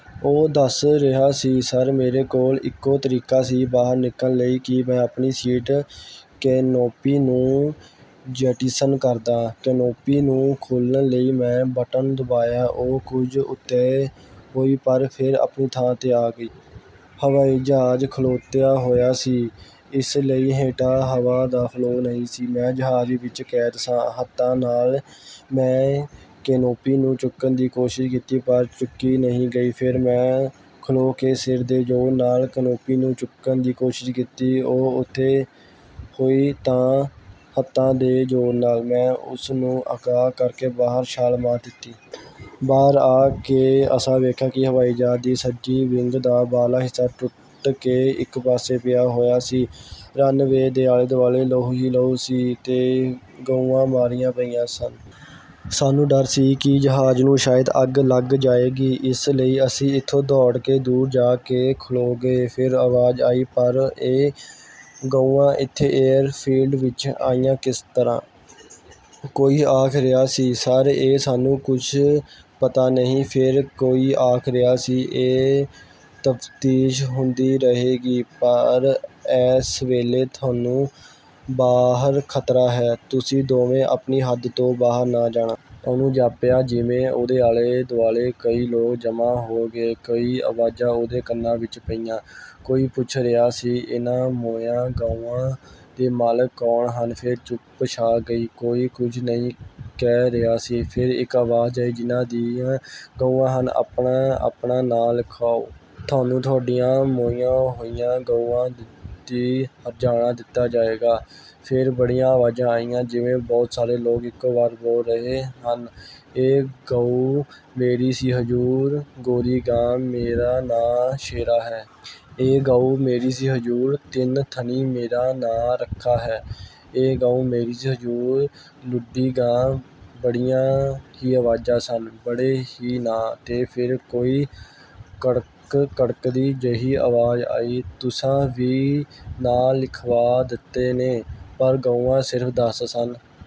ਉਹ ਦੱਸ ਰਿਹਾ ਸੀ "ਸਰ! ਮੇਰੇ ਕੋਲ ਇਕੋ ਤਰੀਕਾ ਸੀ ਬਾਹਰ ਨਿਕਲਣ ਲਈ ਕਿ ਮੈਂ ਆਪਣੀ ਸੀਟ ਕੈਨੋਪੀ ਨੂੰ ਜੈਟੀਸਨ ਕਰਦਾ। ਕੈਨੋਪੀ ਨੂੰ ਖੋਲ੍ਹਣ ਲਈ ਮੈਂ ਬਟਨ ਦਬਾਇਆ, ਉਹ ਕੁਝ ਉਤਾਂਹ ਹੋਈ ਪਰ ਫੇਰ ਆਪਣੀ ਥਾਂ ਤੇ ਆ ਗਈ। ਹਵਾਈ ਜਹਾਜ਼ ਖਲੋਤਾ ਹੋਇਆ ਸੀ, ਇਸ ਲਈ ਹੇਠਾਂ ਹਵਾ ਦਾ ਫਲੋਅ ਨਹੀਂ ਸੀ। ਮੈਂ ਜਹਾਜ਼ ਵਿਚ ਕੈਦ ਸਾਂ। ਹੱਥਾਂ ਨਾਲ ਮੈਂ ਕੈਨੋਪੀ ਨੂੰ ਚੁੱਕਣ ਦੀ ਕੋਸ਼ਿਸ਼ ਕੀਤੀ ਪਰ ਚੁੱਕੀ ਨਹੀਂ ਗਈ। ਫੇਰ ਮੈਂ ਖਲੋ ਕੇ ਸਿਰ ਦੇ ਜ਼ੋਰ ਨਾਲ ਕੈਨੋਪੀ ਨੂੰ ਚੁੱਕਣ ਦੀ ਕੋਸ਼ਿਸ਼ ਕੀਤੀ, ਉਹ ਉਤਾਂਹ ਹੋਈ ਤਾਂ ਹੱਥਾਂ ਦੇ ਜ਼ੋਰ ਨਾਲ, ਮੈਂ ਉਸ ਨੂੰ ਅਗਾਂਹ ਕਰਕੇ ਬਾਹਰ ਛਾਲ ਮਾਰ ਦਿੱਤੀ। ਬਾਹਰ ਆ ਕੇ ਅਸਾਂ ਵੇਖਿਆ ਕਿ ਹਵਾਈ ਜਹਾਜ਼ ਦੀ ਸੱਜੇ ਵਿੰਗ ਦਾ, ਬਾਹਰਲਾ ਹਿੱਸਾ ਟੁੱਟ ਕੇ, ਇਕ ਪਾਸੇ ਪਿਆ ਹੋਇਆ ਸੀ। ਰਨ ਵੇ ਦੇ ਆਲੇ-ਦੁਆਲੇ, ਲਹੂ ਹੀ ਲਹੂ ਸੀ, ਤੇ ਗਊਆਂ ਮਰੀਆਂ ਪਈਆਂ ਸਨ। ਸਾਨੂੰ ਡਰ ਸੀ ਕਿ ਜਹਾਜ਼ ਨੂੰ ਸ਼ਾਇਦ ਅੱਗ ਲੱਗ ਜਾਏਗੀ, ਇਸ ਲਈ ਅਸੀਂ ਇਥੋਂ ਦੌੜ ਕੇ ਦੂਰ ਜਾ ਕੇ ਖਲੋ ਗਏ।" ਫੇਰ ਆਵਾਜ਼ ਆਈ "ਪਰ ਇਹ ਗਊਆਂ ਏਥੇ ਏਅਰ ਫੀਲਡ ਵਿਚ ਆਈਆਂ ਕਿਸ ਤਰ੍ਹਾਂ?" ਕੋਈ ਆਖ ਰਿਹਾ ਸੀ "ਸਰ! ਇਹ ਸਾਨੂੰ ਕੁਝ ਪਤਾ ਨਹੀਂ।" ਫੇਰ ਕੋਈ ਆਖ ਰਿਹਾ ਸੀ "ਇਹ ਤਫਤੀਸ਼ ਹੁੰਦੀ ਰਹੇਗੀ ਪਰ ਐਸ ਵੇਲੇ ਤੁਹਾਨੂੰ ਬਾਹਰ ਖ਼ਤਰਾ ਹੈ। ਤੁਸੀਂ ਦੋਵੇਂ ਆਪਣੀ ਹੱਦ ਤੋਂ ਬਾਹਰ ਨਾ ਜਾਣਾ। ਉਹਨੂੰ ਜਾਪਿਆ ਜਿਵੇਂ ਉਹਦੇ ਦੁਆਲੇ ਕਈ ਲੋਕ ਜਮ੍ਹਾਂ ਹੋ ਗਏ। ਕਈ ਆਵਾਜ਼ਾਂ ਉਹਦੇ ਕੰਨਾਂ ਵਿਚ ਪਈਆਂ… ਕੋਈ ਪੁੱਛ ਰਿਹਾ ਸੀ "ਇਹਨਾਂ ਮੋਈਆਂ ਗਊਆਂ ਦੇ ਮਾਲਕ ਕੌਣ ਹਨ?" ਫੇਰ ਚੁੱਪ ਛਾ ਗਈ। ਕੋਈ ਕੁਝ ਨਹੀਂ ਕਹਿ ਰਿਹਾ ਸੀ… ਫੇਰ ਇਕ ਆਵਾਜ਼ ਆਈ "ਜਿਨ੍ਹਾਂ ਦੀਆਂ ਗਊਆਂ ਹਨ, ਆਪਣੇ ਆਪਣੇ ਨਾਂ ਲਿਖਾਉ! ਤੂਹਾਨੂੰ ਤੁਹਾਡੀਆਂ ਮੋਈਆਂ ਹੋਈਆਂ ਗਊਆਂ ਦਾ ਹਰਜ਼ਾਨਾ ਦਿੱਤਾ ਜਾਏਗਾ।" ਫੇਰ ਬੜੀਆਂ ਆਵਾਜ਼ਾਂ ਆਈਆਂ। ਜਿਵੇਂ ਬਹੁਤ ਸਾਰੇ ਲੋਕ ਇਕੋ ਵਾਰੀ ਬੋਲ ਰਹੇ ਹੋਣ। "ਇਹ ਗਊ ਮੇਰੀ ਸੀ ਹਜ਼ੂਰ! ਗੋਰੀ ਗਾਂ, ਮੇਰਾ ਨਾਂ ਸ਼ੇਰਾ ਹੈ।" "ਇਹ ਗਊ ਮੇਰੀ ਸੀ ਹਜ਼ੂਰ! ਤਿੰਨ ਥਣੀ ਮੇਰਾ ਨਾਂ ਰੱਖਾ ਹੈ।" "ਇਹ ਗਊ ਮੇਰੀ ਸੀ ਹਜ਼ੂਰ! ਲੁੰਡੀ ਗਾਂ।" ਬੜੀਆਂ ਹੀ ਆਵਾਜ਼ਾਂ ਸਨ, ਬੜੇ ਹੀ ਨਾਂ, ਤੇ ਫੇਰ ਕੋਈ ਕੜਕਦੀ ਜਿਹੀ ਆਵਾਜ਼ ਆਈ "ਤੁਸਾਂ ਵੀਹ ਨਾਂ ਲਿਖਵਾ ਦਿੱਤੇ ਨੇ, ਪਰ ਗਊਆਂ ਸਿਰਫ ਦਸ ਸਨ।